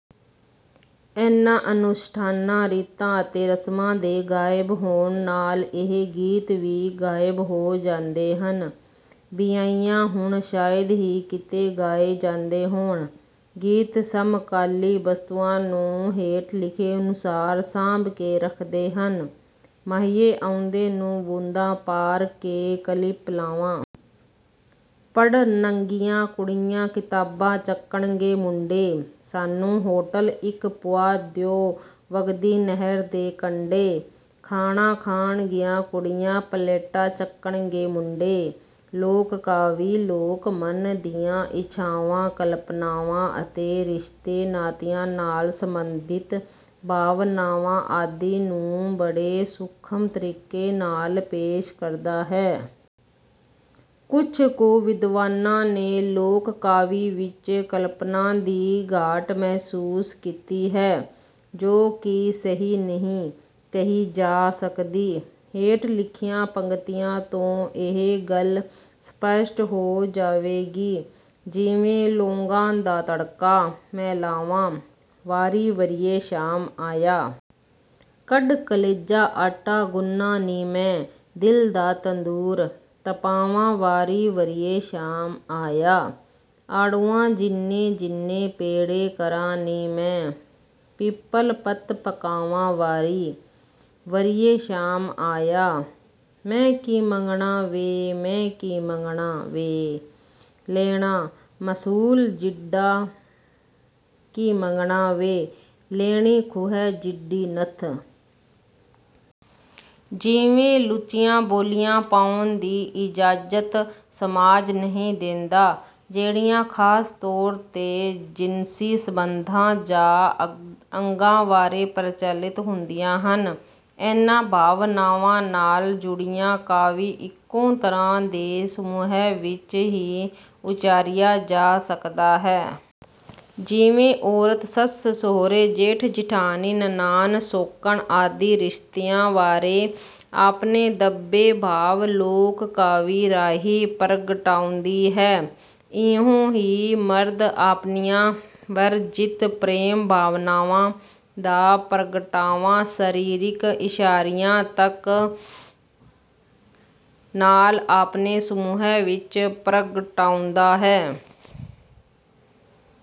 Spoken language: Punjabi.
ਇਨ੍ਹਾਂ ਅਨੁਸ਼ਠਾਨਾਂ, ਰੀਤਾਂ ਅਤੇ ਰਸਮਾਂ ਦੇ ਗਾਇਬ ਹੋਣ ਨਾਲ਼ ਇਹ ਗੀਤ ਵੀ ਗਾਇਬ ਹੋ ਜਾਂਦੇ ਹਨ। ਬਿਆ੍ਹਈਆਂ ਹੁਣ ਸ਼ਾਇਦ ਹੀ ਕਿਤੇ ਗਾਏ ਜਾਂਦੇ ਹੋਣ। ਗੀਤ ਸਮਕਾਲੀ ਵਸਤੂਆਂ ਨੂੰ ਹੇਠ ਲਿਖੇ ਅਨੁਸਾਰ ਸਾਂਭ ਕੇ ਰੱਖਦੇ ਹਨ, ਮਾਹੀਏ ਆਉਂਦੇ ਨੂੰ ਬੋਂਦਾ ਪ੍ਹਾਰ ਕੇ ਕਲਿੱਪ ਲਾਵਾਂ। ਪੜ੍ਹਨਗੀਆਂ ਕੁੜੀਆਂ ਕਿਤਾਬਾਂ ਚੱਕਣਗੇ ਮੁੰਡੇ। ਸਾਨੂੰ ਹੋਟਲ ਇੱਕ ਪੁਆ ਦਿਉ ਵਗਦੀ ਨਹਿਰ ਦੇ ਕੰਢੇ। ਖਾਣਾ ਖਾਣਗੀਆਂ ਕੁੜੀਆਂ ਪਲੇਟਾਂ ਚੱਟਣਗੇ ਮੁੰਡੇ। ਲੋਕ ਕਾਵਿ, ਲੋਕ ਮਨ ਦੀਆਂ ਇੱਛਾਵਾਂ, ਕਲਪਨਾਵਾਂ ਅਤੇ ਰਿਸ਼ਤੇ ਨਾਤਿਆਂ ਨਾਲ਼ ਸੰਬੰਧਿਤ ਭਾਵਨਾਵਾਂ ਆਦਿ ਨੂੰ ਬੜੇ ਸੂਖਮ ਤਰੀਕੇ ਨਾਲ਼ ਪੇਸ਼ ਕਰਦਾ ਹੈ। ਕੁਝ ਕੁ ਵਿਦਵਾਨਾਂ ਨੇ ਲੋਕ ਕਾਵਿ ਵਿੱਚ ਕਲਪਨਾ ਦੀ ਘਾਟ ਮਹਿਸੂਸ ਕੀਤੀ ਹੈ ਜੋ ਕਿ ਸਹੀ ਨਹੀਂ ਕਹੀ ਜਾ ਸਕਦੀ। ਹੇਠ ਲਿਖੀਆਂ ਪੰਗਤੀਆਂ ਤੋਂ ਇਹ ਗੱਲ ਸਪੱਸ਼ਟ ਹੋ ਜਾਵੇਗੀ। ਜਿਵੇਂ, ਲੌਂਗਾਂ ਦਾ ਤੜਕਾ ਮੈਂ ਲਾਵਾਂ ਬਾਰੀਂ ਵਰੀਏਂ ਸ਼ਾਮ ਆਇਆ। ਕੱਢ ਕਲ਼ੇਜਾ ਆਟਾ ਗੁਨ੍ਹਾਂ ਨੀ ਮੈਂ ਦਿਲ ਦਾ ਤੰਦੂਰ ਤਪਾਵਾਂ ਵਾਰੀਂ ਵਰੀਏਂ ਸ਼ਾਮ ਆਇਆ। ਆੜੂਆਂ ਜਿੰਨੇ ਜਿੰਨੇ ਪੇੜੇ ਕਰਾਂ ਨੀ ਮੈਂ ਪਿਪਲ਼ ਪੱਤ ਪਕਾਵਾਂ ਵਾਰੀਂ ਵਰੀਏਂ ਸ਼ਾਮ ਆਇਆ। ਮੈਂ ਕੀ ਮੰਗਣਾ ਵੇ ਮੈਂ ਕੀ ਮੰਗਣਾ ਵੇ ਲੈਣਾ ਮਸੂਲ ਜਿੱਡਾ ਕੀ ਮੰਗਣਾ ਵੇ ਲੈਣੀ ਖੂਹੇ ਜਿੱਡੀ ਨੱਥ। ਜਿਵੇਂ ਲੁੱਚੀਆਂ ਬੋਲੀਆਂ ਪਾਉਣ ਦੀ ਇਜਾਜ਼ਤ ਸਮਾਜ ਨਹੀਂ ਦਿੰਦਾ ਜਿਹੜੀਆਂ ਖਾਸ ਤੌਰ ਤੇ ਜਿਨਸੀ ਸੰਬੰਧਾਂ ਜਾਂ ਅੰਗਾਂ ਬਾਰੇ ਪ੍ਰਚਲਿਤ ਹੁੰਦੀਆਂ ਹਨ। ਇਨ੍ਹਾਂ ਭਾਵਨਾਵਾਂ ਨਾਲ਼ ਜੁੜਿਆ ਕਾਵਿ ਇੱਕੋ ਤਰ੍ਹਾਂ ਦੇ ਸਮੂਹ ਵਿੱਚ ਹੀ ਉਚਾਰਿਆ ਜਾ ਸਕਦਾ ਹੈ। ਜਿਵੇਂ ਔਰਤ ਸੱਸ-ਸਹੁਰੇ, ਜੇਠ-ਜਿਠਾਣੀ, ਨਣਾਨ, ਸੌਕਣ ਆਦਿ ਰਿਸ਼ਤਿਆਂ ਬਾਰੇ ਆਪਣੇ ਦੱਬੇ ਭਾਵ ਲੋਕ ਕਾਵਿ ਰਾਹੀਂ ਪ੍ਰਗਟਾਉਂਦੀ ਹੈ। ਇਉਂ ਹੀ ਮਰਦ ਆਪਣੀਆਂ ਵਰਜਿਤ ਪ੍ਰੇਮ ਭਾਵਨਾਵਾਂ ਦਾ ਪ੍ਰਗਟਾਵਾ ਸਰੀਰਕ ਇਸ਼ਾਰਿਆਂ ਤਕ ਨਾਲ਼ ਆਪਣੇ ਸਮੂਹ ਵਿੱਚ ਪ੍ਰਗਟਾਉਂਦਾ ਹੈ।